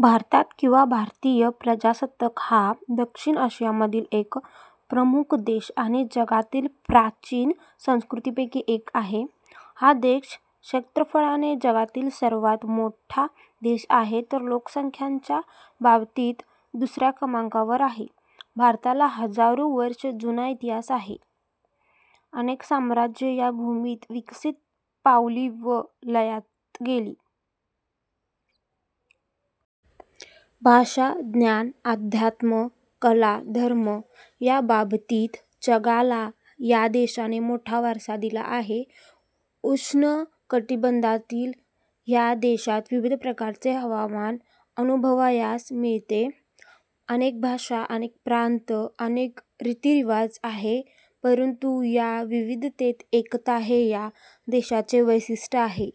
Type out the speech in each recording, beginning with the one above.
भारत किंवा भारतीय प्रजासत्ताक हा दक्षिण आशियामधील एक प्रमुख देश आणि जगातील प्राचीन संस्कृतींपैकी एक आहे. हा देश क्षेत्रफळाने जगातील सर्वांत मोठा देश आहे तर लोकसंख्येच्या बाबतीत दुसऱ्या क्रमांकावर आहे. भारताला हजारो वर्षे जुना इतिहास आहे, अनेक साम्राज्ये या भूमीत विकसित पावली व लयाला गेली. भाषा, ज्ञान, अध्यात्म, कला, धर्म या बाबतीत जगाला या देशाने मोठा वारसा दिला आहे. उष्ण कटिबंधातील ह्या देशात विविध प्रकारचे हवामान अनुभवायास मिळते. अनेक भाषा, अनेक प्रांत, अनेक रितीरिवाज आहे परंतु या विविधतेत एकता हे या देशाचे वैशिष्ट्य आहे.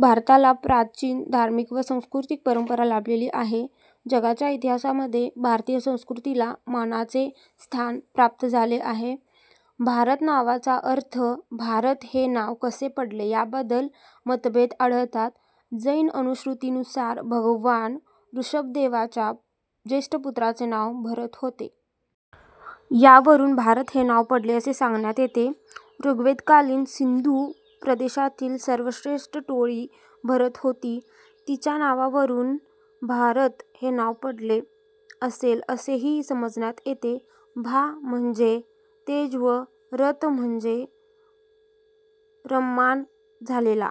भारताला प्राचीन धार्मिक व सांस्कृतिक परंपरा लाभलेली आहे जगाच्या इतिहासामध्ये भारतीय संस्कृतीला मानाचे स्थान प्राप्त झालेले आहे. ' भारत नावाचा अर्थ ' भारत हे नाव कसे पडले याबद्धल मतभेद आढळतात. जैन अनुश्रुतिनुसार भगवान ॠषभदेवाच्या ज्येष्ठ पुत्राचे नाव भरत होते. त्यावरून भारत हे नाव पडले असे सांगण्यात येते. ॠग्वेदकालीन सिंधू प्रदेशातील सर्वश्रेष्ठ टोळी भरत होती. तिच्या नावावरून भारत हे नाव पडले असेल असेही समजण्यात येते. 'भा' म्हणजे तेज व 'रत' म्हणजे रममाण झालेला.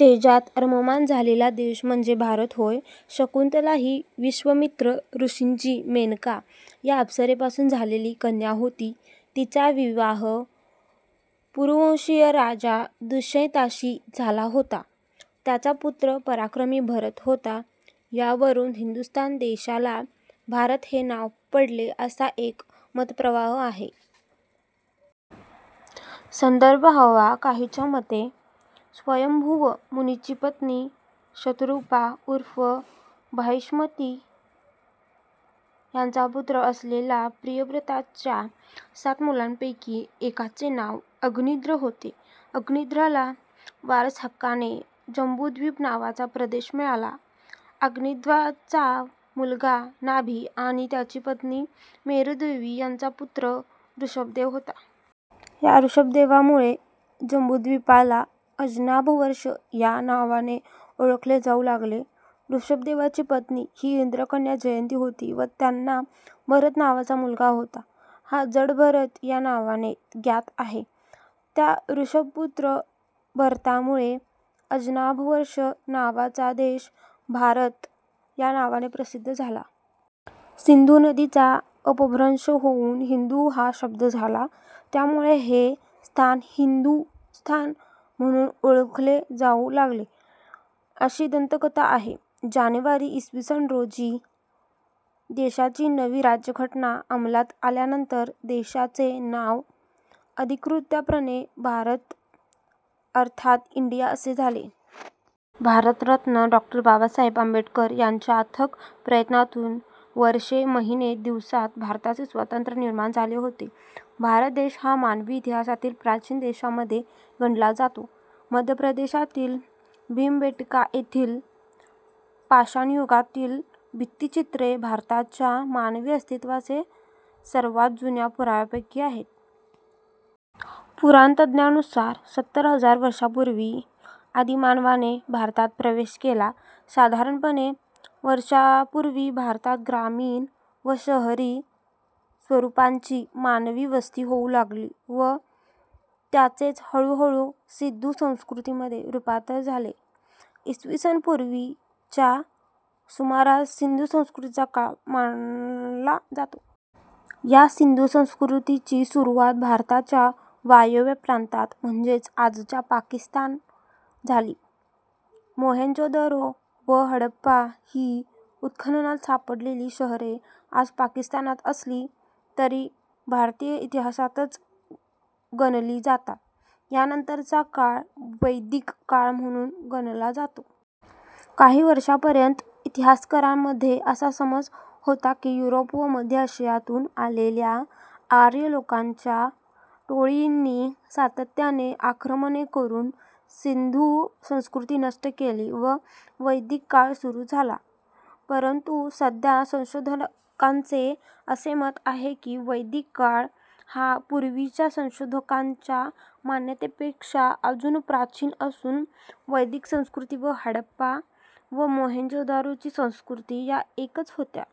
तेजात रममाण झालेला देश म्हणजे भारत होय. शकुंतला ही विश्वामित्र ऋषींची मेनका या अप्सरेपासून झालेली कन्या होती. तिचा विवाह पुरुवंशीय राजा दुष्यंताशी झाला होता. त्यांचा पुत्र पराक्रमी भरत होता. यावरून हिंदुस्थान देशाला भारत हे नाव पडले असा एक मतप्रवाह आहे. संदर्भ हवा काहीच्या मते स्वायंभुव मनूची पत्नी शतरूपा ऊर्फ बार्हिष्मती यांचा पुत्र असलेल्या प्रियव्रताच्या सात मुलांपैकी एकाचे नांव अग्निध्र होते. अग्निध्राला वारसाहक्काने जंबूद्वीप नावाचा प्रदेश मिळाला. अग्निध्राचा मुलगा नाभि आणि त्याची पत्नी मेरुदेवी यांचा पुत्र ऋषभदेव होता. या ऋषभदेवामुळे जंबूद्वीपाला अजनाभवर्ष या नावाने ओळखले जाऊ लागले. ऋषभदेवाची पत्नी ही इंद्रकन्या जयंती होती व त्यांना भरत नावाचा मुलगा होता. हा जडभरत या नावाने ज्ञात आहे. त्या ऋषभपुत्र भरतामुळे अजनाभवर्ष नावाचा देश भारत या नावाने प्रसिद्ध झाला. सिंधू नदीचा अपभ्रंश होऊन हिंदू हा शब्द आला. त्यामुळे हे स्थान हिंदुस्थान म्हणून ओळखले जाऊ लागले. अशी दंतकथा आहे. जानेवारी, इ. स. रोजी देशाची नवी राज्यघटना अंमलात आल्यानंतर देशाचे नाव अधिकृतपणे 'भारत' अर्थात इंडिया असे झाले. भारतरत्न डॉ. बाबासाहेब आंबेडकर यांच्या अथक प्रयत्नातून वर्षे महिने दिवसात भारताचे संविधान निर्माण झाले होते. भारत देश हा मानवी इतिहासातील प्राचीन देशांमध्ये गणला जातो. मध्यप्रदेशातील भीमबेटका येथील पाषाणयुगातील भित्तीचित्रे भारताच्या मानवी अस्तित्त्वाचे सर्वांत जुन्या पुराव्यांपैकी आहेत. पुराणतज्ञांनुसार, सत्तर हजार वर्षांपूर्वी आदिमानवाने भारतात प्रवेश केला. साधारणपणे वर्षांपूर्वी भारतात ग्रामीण व शहरी स्वरूपांची मानवी वस्ती होऊ लागली व त्याचेच हळूहळू सिंधू संस्कृतीमध्ये. रूपांतर झाले. इसवीसन पूर्व च्या सुमारास सिंधू संस्कृतीचा काल मानला जातो. या सिंधू संस्कृतीची सुरुवात भारताच्या वायव्य प्रांतात म्हणजेच आजच्या पाकिस्ताना त झाली. मोहेंजोदडो व हरप्पा ही उत्खननात सापडलेली शहरे आज पाकिस्तानात असली तरी भारतीय इतिहासातच गणली जातात. यानंतरचा काळ वैदिक काळ म्हणून गणला जातो. काही वर्षांपूर्वीपर्यंत इतिहासकारांमध्ये असा समज होता की युरोप व मध्य अशियातून आलेल्या आर्य लोकांच्या टोळ्यांनी सातत्याने आक्रमणे करून सिंधू संस्कृती नष्ट केली व वैदिक काळ सूरू झाला. परंतु सध्या संशोधकांचे असे मत आहे की वैदिक काळ हा पूर्वीच्या संशोधकांच्या मान्यतेपेक्षा अजून प्राचीन असून वैदिक संस्कृती व हडाप्पा व मोहोंदोजडोची संस्कृती या एकच होत्या.